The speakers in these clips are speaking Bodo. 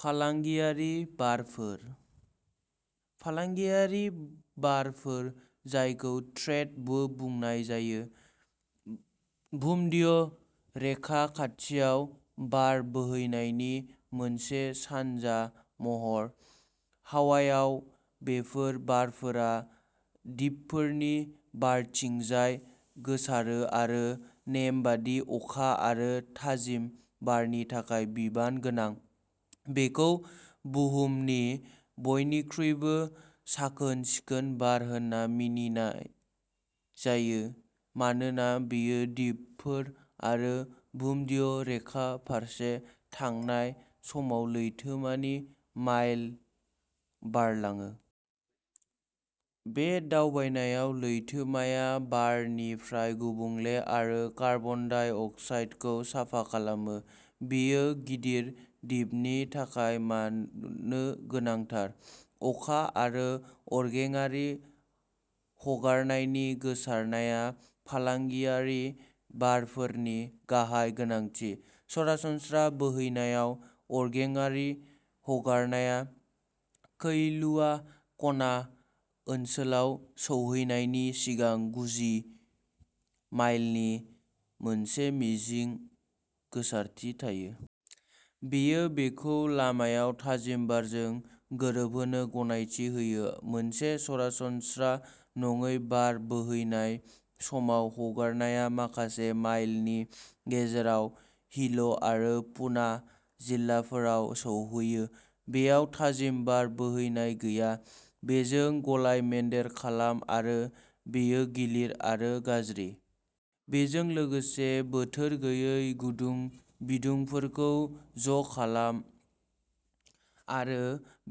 फालांगियारि बारफोर? फालांगियारि बारफोर जायखौ ट्रेड बो बुंनाय जायो, भुमध्य रेखा खाथियाव बार बोहैनायनि मोनसे सानजा महर। हावाइआव बेफोर बारफोरा दिपफोरनि बारथिंजाय गोसारो आरो नेमबादि अखा आरो थाजिम बारनि थाखाय बिबान गोनां। बेखौ बुहुमनि बयनिख्रुइबो साखोन-सिखोन बार होनना मानिनाय जायो मानोना बेयो दिपफोर आरो भुमध्य रेखा फारसे थांनाय समाव लैथोमानि माइल बारलाङो। बे दावबायनायाव लैथोमाया बारनिफ्राय गुबुंले आरो कार्बन डाइ अक्साइडखौ साफा खालामो। बेयो गिदिर दिपनि थाखाय मानो गोनांथार? अखा आरो अरगेंआरि हगारनायनि गोसारनाया फालांगियारि बारफोरनि गाहाय गोनांथि। सरासनस्रा बोहैनायाव, अरगेंआरि हगारनाया कैलुआ कना ओनसोलाव सौहैनायनि सिगां गुजि माइलनि मोनसे मिजिं गोसारथि थायो। बेयो बेखौ लामायाव थाजिम बारजों गोरोबहोनो गनायथि होयो। मोनसे सरासनस्रा नङै बार बोहैनाय समाव, हगारनाया माखासे माइलनि गेजेराव हिल' आरो पुना जिल्लाफोराव सौहैयो। बेयाव थाजिम बार बोहैनाय गैया। बेजों गलाय-मोनदेर खालाम आरो बेयो गिलिर आरो गाज्रि। बेजों लोगोसे बोथोर गैयै गुदुं बिदुंफोरखौ ज'खालाम आरो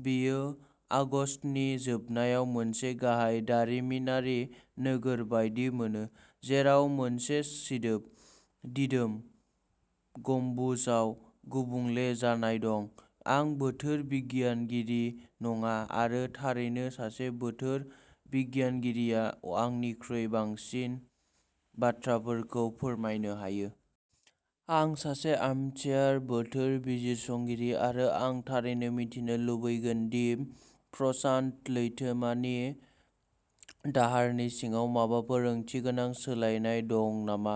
बेयो आगस्तनि जोबनायाव मोनसे गाहाय दारिमिनारि नोगोर बायदि मोनो, जेराव मोनसे सिदोब, दिदोम गम्बुजआव गुबुंले जानाय दं। आं बोथोर बिगियानगिरि नङा। आरो, थारैनो सासे बोथोर बिगियानगिरिया आंनिख्रुइ साबसिनै बाथ्राफोरखौ फोरमायनो हायो। आं सासे आर्मचेयार बोथोर बिजिरसंगिरि आरो आं थारैनो मिथिनो लुबैगोन दि प्रशान्त लैथोमानि दाहारनि सिङाव माबाफोर ओंथिगोनां सोलायनाय दं नामा।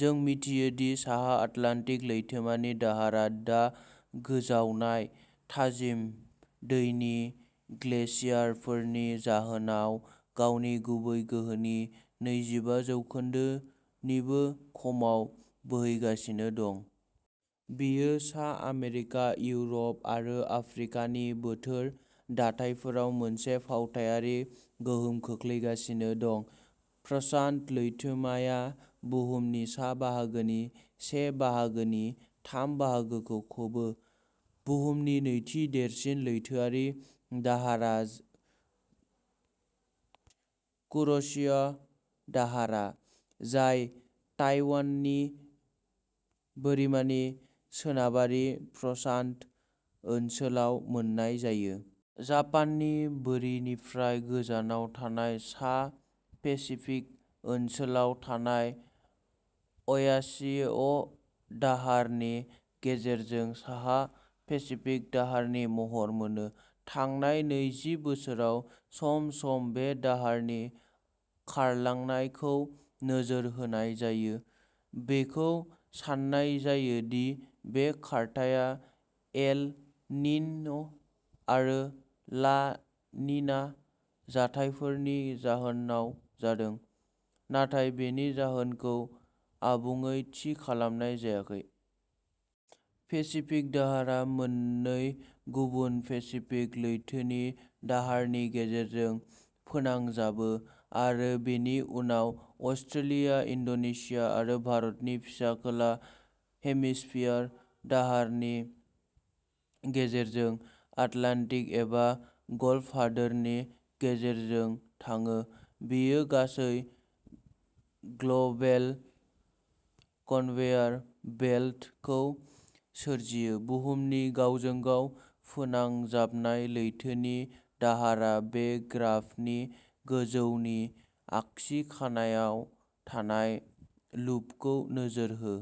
जों मिथियो दि साहा आटलान्टिक लैथोमानि दाहारा दा गोजावनाय थाजिम दैनि ग्लेसियारफोरनि जाहोनाव गावनि गुबै गोहोनि नैजिबा जौखोन्दो निबो खमाव बोहैगासिनो दं। बेयो सा आमेरिका, इउर'प आरो आफ्रिकानि बोथोर दाथायफोराव मोनसे फावथायारि गोहोम खोख्लैगासिनो दं। प्रशान्त लैथोमाया बुहुमनि सा-बाहागोनि से बाहागोनि थाम बाहागोखौ खोबो। बुहुमनि नैथि देरसिन लैथोआरि दाहारा कुर'शिअ' दाहारा, जाय ताइवाननि बोरिमानि सोनाबारि प्रशान्त ओनसोलाव मोननाय जायो। जापाननि बोरिनिफ्राय गोजानाव थानाय सा पेसिफिक ओनसोलाव थानाय अ'यासिअ'दाहारनि गेजेरजों साहा पेसिफिक दाहारनि महर मोनो। थांनाय नैजि बोसोराव, सम-सम बे दाहारनि खारलांनाय खौ नोजोर होनाय जायो। बेखौ सान्नाय जायो दि बे खारथाया एल निन' आरो ला निना जाथायफोरनि जाहोनाव जादों, नाथाय बेनि जाहोनखौ आबुङै थि खालामनाय जायाखै। पेसिफिक दाहारा मोननै गुबुन पेसिफिक लैथोनि दाहारनि गेजेरजों फोनांजाबो आरो बेनि उनाव अस्ट्रेलिया, इन्ड'नेशिया आरो भारतनि फिसा खोला हेमिस्फियार दाहारनि गेजेरजों आटलान्टिक एबा गाल्फ दाहारनि गेजेरजों थाङो। बेयो गासै ग्ल'बेल कन्वेयर बेल्ट खौ सोरजियो बुहुमनि गावजों-गाव फोनांजाबनाय लैथोनि दाहारा बे ग्राफनि गोजौनि आगसि खानायाव थानाय लुपखौ नोजोर हो।